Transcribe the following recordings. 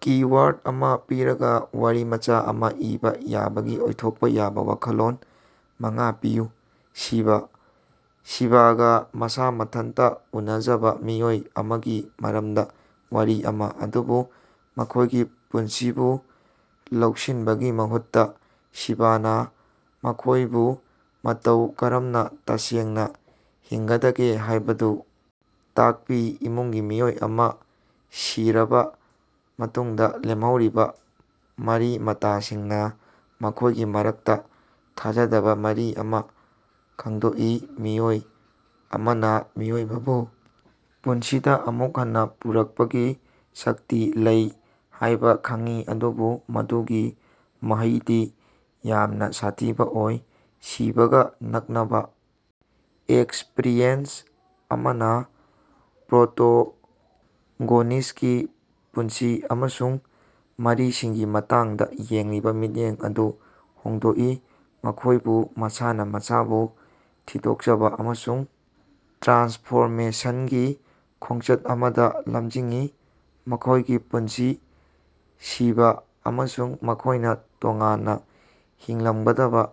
Keyword ꯑꯃ ꯄꯤꯔꯒ, ꯋꯥꯔꯤꯃꯆꯥ ꯑꯃ ꯏꯕ ꯌꯥꯕꯒꯤ ꯑꯣꯏꯊꯣꯛꯄ ꯌꯥꯕ ꯋꯥꯈꯜꯂꯣꯟ ꯃꯉꯥ ꯄꯤꯌꯨ꯫ ꯁꯤꯕ:ꯁꯤꯕꯒ ꯃꯁꯥ ꯃꯊꯟꯇ ꯎꯅꯖꯕ ꯃꯤꯑꯣꯏ ꯑꯃꯒꯤ ꯃꯔꯝꯗ ꯋꯥꯔꯤ ꯑꯃ, ꯑꯗꯨꯕꯨ ꯃꯈꯣꯏꯒꯤ ꯄꯨꯟꯁꯤꯕꯨ ꯂꯧꯁꯤꯟꯕꯒꯤ ꯃꯍꯨꯠꯇ ꯁꯤꯕꯅ ꯃꯈꯣꯏꯕꯨ ꯃꯇꯧ ꯀꯔꯝꯅ ꯇꯁꯦꯡꯅ ꯍꯤꯡꯒꯗꯒꯦ ꯍꯥꯏꯕꯗꯨ ꯇꯥꯛꯄꯤ꯫ ꯏꯃꯨꯡꯒꯤ ꯃꯤꯑꯣꯏ ꯑꯃ ꯁꯤꯔꯕ ꯃꯇꯨꯡꯗ ꯂꯦꯝꯍꯧꯔꯤꯕ ꯃꯔꯤ-ꯃꯇꯥꯁꯤꯡꯅ ꯃꯈꯣꯏꯒꯤ ꯃꯔꯛꯇ ꯊꯥꯖꯗꯕ ꯃꯔꯤ ꯑꯃ ꯈꯪꯗꯣꯛꯏ꯫ ꯃꯤꯑꯣꯏ ꯑꯃꯅ ꯃꯤꯑꯣꯏꯕꯕꯨ ꯄꯨꯟꯁꯤꯗ ꯑꯃꯨꯛ ꯍꯟꯅ ꯄꯨꯔꯛꯄꯒꯤ ꯁꯛꯇꯤ ꯂꯩ ꯍꯥꯏꯕ ꯈꯪꯏ, ꯑꯗꯨꯕꯨ ꯃꯗꯨꯒꯤ ꯃꯍꯩꯗꯤ ꯌꯥꯝꯅ ꯁꯥꯊꯤꯕ ꯑꯣꯏ꯫ ꯁꯤꯕꯒ ꯅꯛꯅꯕ ꯑꯦꯛꯁꯄꯔꯤꯑꯦꯟꯁ ꯑꯃꯅ ꯄ꯭ꯔꯣꯇꯣꯒꯣꯅꯤꯁ꯭ꯇꯀꯤ ꯄꯨꯟꯁꯤ ꯑꯃꯁꯨꯡ ꯃꯔꯤꯁꯤꯡꯒꯤ ꯃꯇꯥꯡꯗ ꯌꯦꯡꯂꯤꯕ ꯃꯤꯠꯌꯦꯡ ꯑꯗꯨ ꯍꯣꯡꯗꯣꯛꯏ, ꯃꯈꯣꯏꯕꯨ ꯃꯁꯥꯅ ꯃꯁꯥꯕꯨ ꯊꯤꯗꯣꯛꯆꯕ ꯑꯃꯁꯨꯡ ꯇ꯭ꯔꯥꯟꯁꯐꯣꯔꯃꯦꯁꯟꯒꯤ ꯈꯣꯡꯆꯠ ꯑꯃꯗ ꯂꯝꯖꯤꯡꯏ꯫ ꯃꯈꯣꯏꯒꯤ ꯄꯨꯟꯁꯤ, ꯁꯤꯕ ꯑꯃꯁꯨꯡ ꯃꯈꯣꯏꯅ ꯇꯣꯉꯥꯟꯅ ꯍꯤꯡꯂꯝꯒꯗꯕ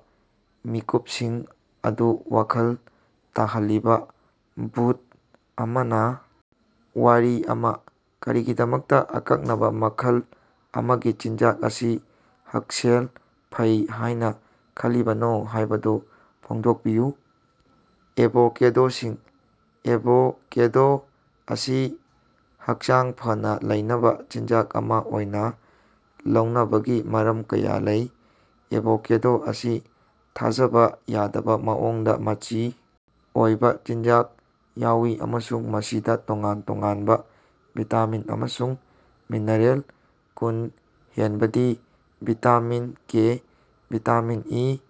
ꯃꯤꯀꯨꯞꯁꯤꯡ ꯑꯗꯨ ꯋꯥꯈꯜ ꯇꯥꯍꯜꯂꯤꯕ ꯚꯨꯠ ꯑꯃꯅ ꯋꯥꯔꯤ ꯑꯃ꯫ ꯀꯔꯤꯒꯤꯗꯃꯛꯇ ꯑꯀꯛꯅꯕ ꯃꯈꯜ ꯑꯃꯒꯤ ꯆꯤꯟꯖꯥꯛ ꯑꯁꯤ ꯍꯛꯁꯦꯜ ꯐꯩ ꯍꯥꯏꯅ ꯈꯜꯂꯤꯕꯅꯣ ꯍꯥꯏꯕꯗꯨ ꯐꯣꯡꯗꯣꯛꯄꯤꯌꯨ꯫ ꯑꯦꯚꯣꯀꯦꯗꯣꯁꯤꯡ: ꯑꯦꯚꯣꯀꯦꯗꯣ ꯑꯁꯤ ꯍꯛꯆꯥꯡ ꯐꯅ ꯂꯩꯅꯕ ꯆꯤꯟꯖꯥꯛ ꯑꯃ ꯑꯣꯏꯅ ꯂꯧꯅꯕꯒꯤ ꯃꯔꯝ ꯀꯌꯥ ꯂꯩ꯫ ꯑꯦꯚꯣꯀꯦꯗꯣ ꯑꯁꯤ ꯊꯥꯖꯕ ꯌꯥꯗꯕ ꯃꯑꯣꯡꯗ ꯃꯆꯤ ꯑꯣꯏꯕ ꯆꯤꯟꯖꯥꯛ ꯌꯥꯎꯏ ꯑꯃꯁꯨꯡ ꯃꯁꯤꯗ ꯇꯣꯉꯥꯟ ꯇꯣꯉꯥꯟꯕ ꯚꯤꯇꯥꯃꯤꯟ ꯑꯃꯁꯨꯡ ꯃꯤꯅꯔꯦꯜ ꯀꯨꯟ ꯍꯦꯟꯕꯗꯤ vitamin K, vitamin E,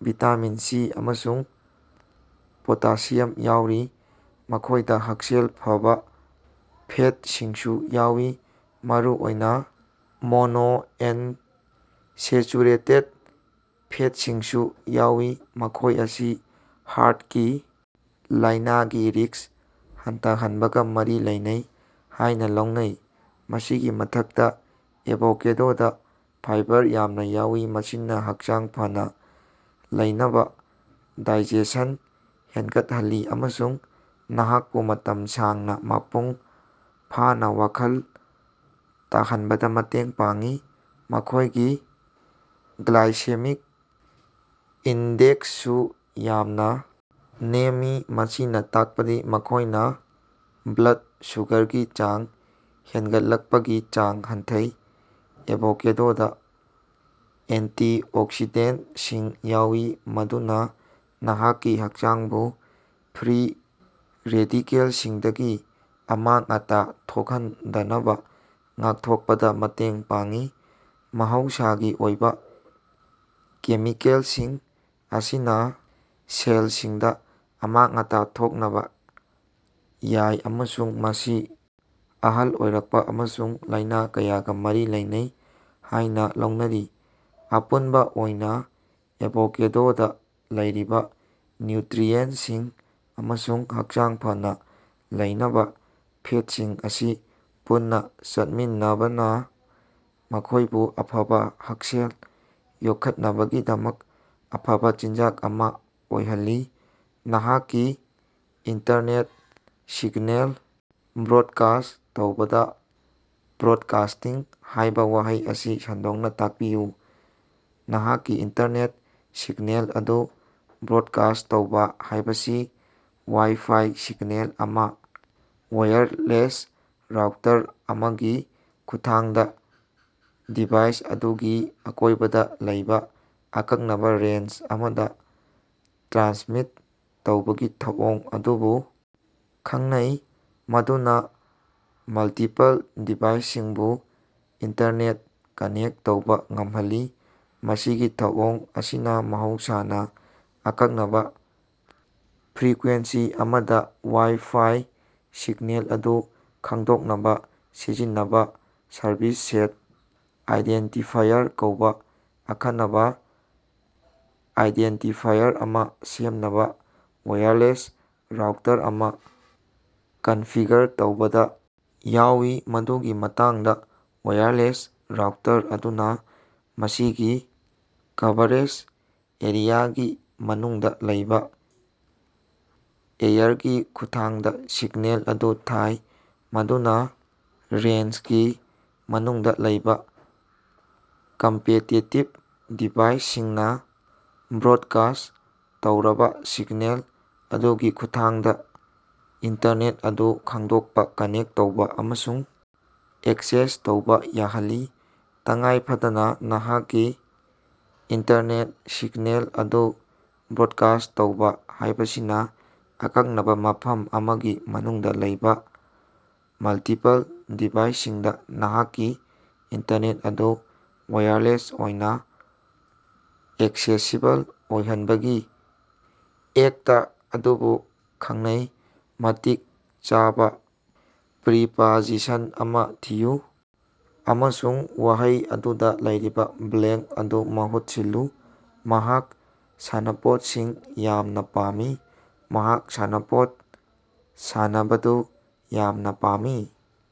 vitamin C, ꯑꯃꯁꯨꯡ ꯄꯣꯇꯥꯁꯤꯌꯝ ꯌꯥꯎꯔꯤ꯫ ꯃꯈꯣꯏꯗ ꯍꯛꯁꯦꯜ ꯐꯕ ꯐꯦꯇꯁꯤꯡꯁꯨ ꯌꯥꯎꯏ, ꯃꯔꯨꯑꯣꯏꯅ ꯃꯣꯅꯣꯑꯟꯁꯦꯆꯨꯔꯦꯇꯦꯠ ꯐꯦꯠꯁꯤꯡꯁꯨ ꯌꯥꯎꯏ, ꯃꯈꯣꯏ ꯑꯁꯤ ꯍꯥꯔꯠꯀꯤ ꯂꯥꯏꯅꯥꯒꯤ ꯔꯤꯁꯛ ꯍꯟꯊꯍꯟꯕꯒ ꯃꯔꯤ ꯂꯩꯅꯩ ꯍꯥꯏꯅ ꯂꯧꯅꯩ꯫ ꯃꯁꯤꯒꯤ ꯃꯊꯛꯇ, ꯑꯦꯚꯣꯀꯦꯗꯣꯗ ꯐꯥꯏꯕꯔ ꯌꯥꯝꯅ ꯌꯥꯎꯏ, ꯃꯁꯤꯅ ꯍꯛꯆꯥꯡ ꯐꯅ ꯂꯩꯅꯕ ꯗꯥꯏꯖꯦꯁꯟ ꯍꯦꯟꯒꯠꯍꯜꯂꯤ ꯑꯃꯁꯨꯡ ꯅꯍꯥꯛꯄꯨ ꯃꯇꯝ ꯁꯥꯡꯅ ꯃꯄꯨꯡ ꯐꯥꯅ ꯋꯥꯈꯜ ꯇꯥꯍꯟꯕꯗ ꯃꯇꯦꯡ ꯄꯥꯡꯏ꯫ ꯃꯈꯣꯏꯒꯤ ꯒ꯭ꯂꯥꯏꯁꯦꯃꯤꯛ ꯏꯟꯗꯦꯛꯁꯁꯨ ꯌꯥꯝꯅ ꯅꯦꯝꯃꯤ, ꯃꯁꯤꯅ ꯇꯥꯛꯄꯗꯤ ꯃꯈꯣꯏꯅ ꯕ꯭ꯂꯗ ꯁꯨꯒ꯭ꯔꯒꯤ ꯆꯥꯡ ꯍꯦꯟꯒꯠꯂꯛꯄꯒꯤ ꯆꯥꯡ ꯍꯟꯊꯩ꯫ ꯑꯦꯚꯣꯀꯦꯗꯣꯗ ꯑꯦꯟꯇꯤꯑꯣꯛꯁꯤꯗꯦꯟꯁꯤꯡ ꯌꯥꯎꯏ, ꯃꯗꯨꯅ ꯅꯍꯥꯛꯀꯤ ꯍꯛꯆꯥꯡꯕꯨ ꯐ꯭ꯔꯤ ꯔꯦꯗꯤꯀꯦꯂꯁꯤꯡꯗꯒꯤ ꯑꯃꯥꯡ-ꯑꯇꯥ ꯊꯣꯛꯍꯟꯗꯅꯕ ꯉꯥꯛꯊꯣꯛꯄꯗ ꯃꯇꯦꯡ ꯄꯥꯡꯏ꯫ ꯃꯍꯧꯁꯥꯒꯤ ꯑꯣꯏꯕ ꯀꯦꯃꯤꯀꯦꯂꯁꯤꯡ ꯑꯁꯤꯅ ꯁꯦꯂꯁꯤꯡꯗ ꯑꯃꯥꯡ-ꯑꯇꯥ ꯊꯣꯛꯅꯕ ꯌꯥꯏ ꯑꯃꯁꯨꯡ ꯃꯁꯤ ꯑꯍꯜ ꯑꯣꯏꯔꯛꯄ ꯑꯃꯁꯨꯡ ꯂꯩꯅꯥ ꯀꯌꯥꯒꯥ ꯃꯔꯤ ꯂꯩꯅꯩ ꯍꯥꯏꯅ ꯂꯧꯅꯔꯤ꯫ ꯑꯄꯨꯟꯕ ꯑꯣꯏꯅ, ꯑꯦꯚꯣꯀꯦꯗꯣꯗ ꯂꯩꯔꯤꯕ ꯅ꯭ꯌꯨꯇꯔꯤꯑꯦꯟꯁꯤꯡ ꯑꯃꯁꯨꯡ ꯍꯛꯆꯥꯡ ꯐꯅ ꯂꯩꯅꯕ ꯐꯦꯠꯁꯤꯡ ꯑꯁꯤ ꯄꯨꯟꯅ ꯆꯠꯃꯤꯟꯅꯕꯅ ꯃꯈꯣꯏꯕꯨ ꯑꯐꯕ ꯍꯛꯁꯦꯜ ꯌꯣꯛꯈꯠꯅꯕꯒꯤꯗꯃꯛ ꯑꯐꯕ ꯆꯤꯟꯖꯥꯛ ꯑꯃꯥ ꯑꯣꯏꯍꯜꯂꯤ꯫ ꯅꯍꯥꯛꯀꯤ ꯏꯟꯇꯔꯅꯦꯠ ꯁꯤꯒꯅꯦꯜ ꯕ꯭ꯔꯣꯗꯀꯥꯁ ꯇꯧꯕꯗ 'ꯕ꯭ꯔꯣꯗꯀꯥꯁ꯭ꯇꯤꯡ' ꯍꯥꯏꯕ ꯋꯥꯍꯩ ꯑꯁꯤ ꯁꯟꯗꯣꯛꯅ ꯇꯥꯛꯄꯤꯌꯨ꯫ ꯅꯍꯥꯛꯀꯤ ꯏꯟꯇꯔꯅꯦꯠ ꯁꯤꯛꯅꯦꯜ ꯑꯗꯨ ꯕ꯭ꯔꯣꯗꯀꯥꯁ꯭ꯠ ꯇꯧꯕ ꯍꯥꯏꯕꯁꯤ ꯋꯥꯏ-ꯐꯥꯏ ꯁꯤꯛꯅꯦꯜ ꯑꯃ ꯋꯥꯏ꯭ꯔꯂꯦꯁ ꯔꯥꯎꯇꯔ ꯑꯃꯒꯤ ꯈꯨꯠꯊꯥꯡꯗ ꯗꯤꯚꯥꯏꯁ ꯑꯗꯨꯒꯤ ꯑꯀꯣꯏꯕꯗ ꯂꯩꯕ ꯑꯀꯛꯅꯕ ꯔꯦꯟꯖ ꯑꯃꯗ ꯇ꯭ꯔꯥꯟꯁꯃꯤꯠ ꯇꯧꯕꯒꯤ ꯊꯧꯑꯣꯡ ꯑꯗꯨꯕꯨ ꯈꯪꯅꯩ, ꯃꯗꯨꯅ ꯃꯜꯇꯤꯄꯜ ꯗꯤꯚꯥꯏꯁꯁꯤꯡꯕꯨ ꯏꯟꯇꯔꯅꯦꯠ ꯀꯅꯦꯛ ꯇꯧꯕꯥ ꯉꯝꯍꯜꯂꯤ꯫ ꯃꯁꯤꯒꯤ ꯊꯧꯑꯣꯡ ꯑꯁꯤꯅ ꯃꯍꯧꯁꯥꯅ ꯑꯀꯛꯅꯕ ꯐ꯭ꯔꯤꯀ꯭ꯋꯦꯟꯁꯤ ꯑꯃꯗ ꯋꯥꯏ-ꯐꯥꯏ ꯁꯤꯒꯅꯦꯜ ꯑꯗꯨ ꯈꯪꯗꯣꯛꯅꯕ ꯁꯤꯖꯤꯟꯅꯕ ꯁꯔꯚꯤꯁ ꯁꯦꯠ ꯑꯥꯏꯗꯦꯟꯇꯤꯐꯥꯌꯔ ꯀꯧꯕ ꯑꯈꯟꯅꯕ ꯑꯥꯏꯗꯦꯟꯇꯤꯐꯥꯌꯔ ꯑꯃ ꯁꯦꯝꯅꯕ ꯋꯥꯏꯔꯂꯦꯁ ꯔꯥꯎꯇꯔ ꯑꯃ ꯀꯟꯐꯤꯒꯔ ꯇꯧꯕꯗ ꯌꯥꯎꯏ꯫ ꯃꯗꯨꯒꯤ ꯃꯇꯥꯡꯗꯥ ꯋꯥꯏꯔꯂꯦꯁ ꯔꯥꯎꯇꯔ ꯑꯗꯨꯅꯥ ꯃꯁꯤꯒꯤ ꯀꯚꯔꯦꯖ ꯑꯦꯔꯤꯌꯥꯒꯤ ꯃꯅꯨꯡꯗ ꯂꯩꯕ ꯑꯦꯌꯔꯒꯤ ꯈꯨꯠꯊꯥꯡꯗ ꯁꯤꯛꯅꯦꯜ ꯑꯗꯨ ꯊꯥꯏ, ꯃꯗꯨꯅ ꯔꯦꯟꯖꯀꯤ ꯃꯅꯨꯡꯗ ꯂꯩꯕꯥ ꯀꯝꯄꯦꯇꯤꯇꯤꯕ ꯗꯤꯚꯥꯏꯁꯁꯤꯡꯅ ꯕ꯭ꯔꯣꯗꯀꯥꯁ꯭ꯠ ꯇꯧꯔꯕ ꯁꯤꯒꯅꯦꯜ ꯑꯗꯨꯒꯤ ꯈꯨꯠꯊꯥꯡꯗ ꯏꯟꯇꯔꯅꯦꯠ ꯑꯗꯨ ꯈꯪꯗꯣꯛꯄ, ꯀꯅꯦꯛ ꯇꯧꯕ ꯑꯃꯁꯨꯡ ꯑꯦꯛꯁꯦꯁ ꯇꯧꯕ ꯌꯥꯍꯜꯂꯤ꯫ ꯇꯉꯥꯏꯐꯗꯅ, ꯅꯍꯥꯛꯀꯤ ꯏꯟꯇꯔꯅꯦꯠ ꯁꯤꯒꯅꯦꯜ ꯑꯗꯨ ꯕ꯭ꯔꯣꯗꯀꯥꯁ꯭ꯠ ꯇꯧꯕ ꯍꯥꯏꯕꯁꯤꯅ, ꯑꯀꯛꯅꯕ ꯃꯐꯝ ꯑꯃꯒꯤ ꯃꯅꯨꯡꯗ ꯂꯩꯕ ꯃꯜꯇꯤꯄꯜ ꯗꯤꯚꯥꯏꯁꯁꯤꯡꯗ ꯅꯍꯥꯛꯀꯤ ꯏꯟꯇꯔꯅꯦꯠ ꯑꯗꯨ ꯋꯥꯏꯔꯂꯦꯁ ꯑꯣꯏꯅ ꯑꯦꯛꯁꯦꯁꯤꯕꯜ ꯑꯣꯏꯍꯟꯕꯒꯤ ꯑꯦꯛꯇ ꯑꯗꯨꯕꯨ ꯈꯪꯅꯩ꯫ ꯃꯇꯤꯛ ꯆꯥꯕꯥ ꯄ꯭ꯔꯤꯄꯖꯤꯁꯟ ꯑꯃꯥ ꯊꯤꯌꯨ ꯑꯃꯁꯨꯡ ꯋꯥꯍꯩ ꯑꯗꯨꯗꯥ ꯂꯩꯔꯤꯕꯥ ꯕ꯭ꯂꯦꯉ꯭ꯛ ꯑꯗꯨ ꯃꯍꯨꯠ ꯁꯤꯜꯂꯨ꯫ ꯃꯍꯥꯛ ꯁꯥꯟꯅꯄꯣꯠꯁꯤꯡ ꯌꯥꯝꯅꯥ ꯄꯥꯝꯃꯤ꯫ ꯃꯍꯥꯛ ꯁꯥꯟꯅꯄꯣꯠ ꯁꯥꯟꯅꯕꯗꯨ ꯌꯥꯝꯅ ꯄꯥꯝꯃꯤ꯫